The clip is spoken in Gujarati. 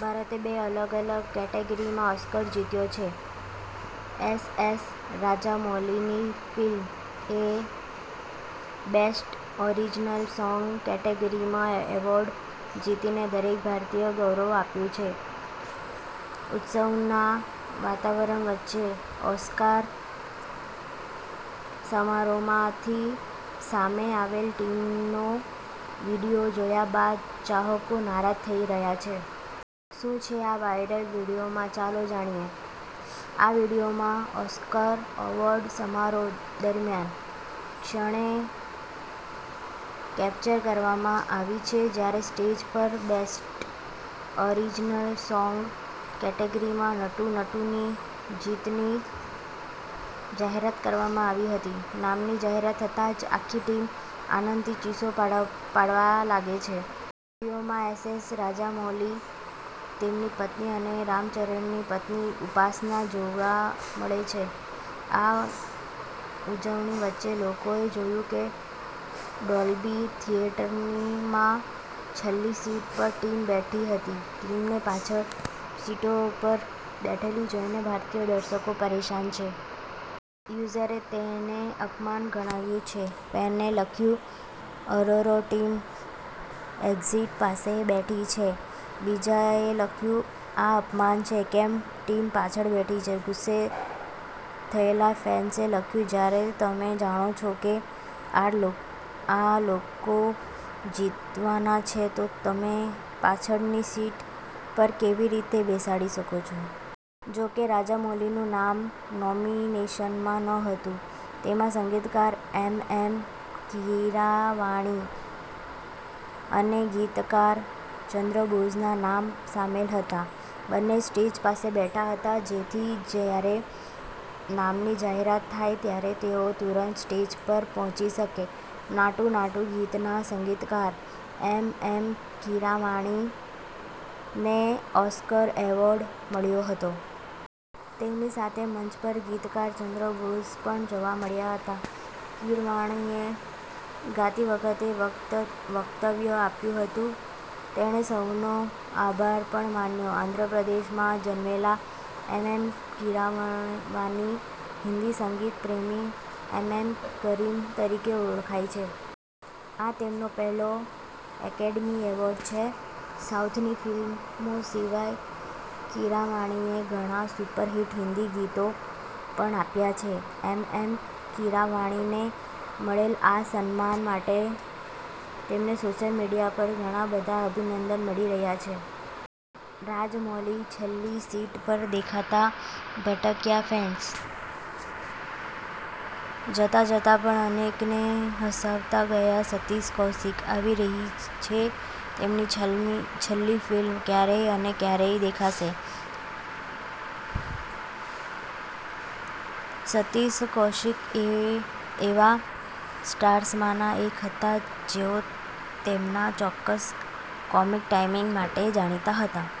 ભારતે બે અલગ-અલગ કેટેગરીમાં ઓસ્કાર જીત્યો છે. એસએસ રાજામૌલીની ફિલ્મ એ બેસ્ટ ઓરિજિનલ સોંગ કેટેગરીમાં એવોર્ડ જીતીને દરેક ભારતીયને ગૌરવ અપાવ્યું હતું. ઉત્સવના વાતાવરણ વચ્ચે, ઓસ્કાર સમારોહમાંથી સામે આવેલ ટીમનો વીડિયો જોયા બાદ ચાહકો નારાજ થઈ રહ્યા છે. શું છે આ વાયરલ વીડિયોમાં ચાલો જાણીએ. આ વિડિયોમાં ઓસ્કાર એવોર્ડ સમારોહ દરમિયાનની ક્ષણને કેપ્ચર કરવામાં આવી છે, જ્યારે સ્ટેજ પર બેસ્ટ ઓરિજિનલ સોંગ કેટેગરીમાં નટુ નટુની જીતની જાહેરાત કરવામાં આવી હતી. નામની જાહેરાત થતાં જ આખી ટીમ આનંદથી ચીસો પાડવા લાગે છે. વીડિયોમાં એસએસ રાજામૌલી, તેમની પત્ની અને રામચરણની પત્ની ઉપાસના જોવા મળે છે. આ ઉજવણી વચ્ચે લોકોએ જોયું કે ડોલ્બી થિયેટરમાં છેલ્લી સીટ પર ટીમ બેઠી હતી. ટીમને પાછળની સીટો પર બેઠેલી જોઈને ભારતીય દર્શકો પરેશાન છે. યુઝર્સે તેને અપમાન ગણાવ્યું છે. ફેને લખ્યું- આરઆરઆર ટીમ એક્ઝિટ પાસે બેઠી છે. બીજાએ લખ્યું- આ અપમાન છે, કેમ ટીમ પાછળ બેઠી છે. ગુસ્સે થયેલા ફેન્સે લખ્યું- જ્યારે તમે જાણો છો કે આ લોકો જીતવાના છે, તો તમે તેમને પાછળની સીટ પર કેવી રીતે બેસાડી શકો છો? જોકે રાજામૌલીનું નામ નોમિનેશનમાં નહોતું. તેમાં સંગીતકાર એમએમ કીરાવાણી અને ગીતકાર ચંદ્રબોઝના નામ સામેલ હતા. બંને સ્ટેજ પાસે બેઠા હતા. જેથી જ્યારે નામની જાહેરાત થાય ત્યારે તેઓ તુરંત સ્ટેજ પર પહોંચી શકે. નાટુ નાટુ ગીતના સંગીતકાર એમએમ કીરાવાણીને ઓસ્કાર એવોર્ડ મળ્યો હતો. તેમની સાથે મંચ પર ગીતકાર ચંદ્ર બોઝ પણ જોવા મળ્યા હતા. કીરવાણીએ ગાતી વખતે વક્તવ્ય આપ્યું હતું. તેણે સૌનો આભાર પણ માન્યો. આંધ્ર પ્રદેશમાં જન્મેલા એમએમ કીરાવાની હિન્દી સંગીત પ્રેમી એમએમ કરીમ તરીકે ઓળખાય છે. આ તેમનો પહેલો એકેડમી એવોર્ડ છે. સાઉથની ફિલ્મો સિવાય કીરાવાણીએ ઘણા સુપરહિટ હિન્દી ગીતો પણ આપ્યા છે. એમએમ કીરાવાણીને મળેલા આ સન્માન માટે તેમને સોશિયલ મીડિયા પર ઘણા બધા અભિનંદન મળી રહ્યા છે. રાજમૌલી છેલ્લી સીટ પર દેખાતા ભડક્યા ફેન્સ. જતા-જતા પણ અનેકને હસાવતા ગયા સતીષ કૌશિક! આવી રહી છે તેમની છેલ્લી ફિલ્મ- ક્યારે અને ક્યાં દેખાશે? સતીશ કૌશિક એવા સ્ટાર્સમાંના એક હતા જેઓ તેમના ચોક્કસ કોમિક ટાઇમિંગ માટે જાણીતા હતા.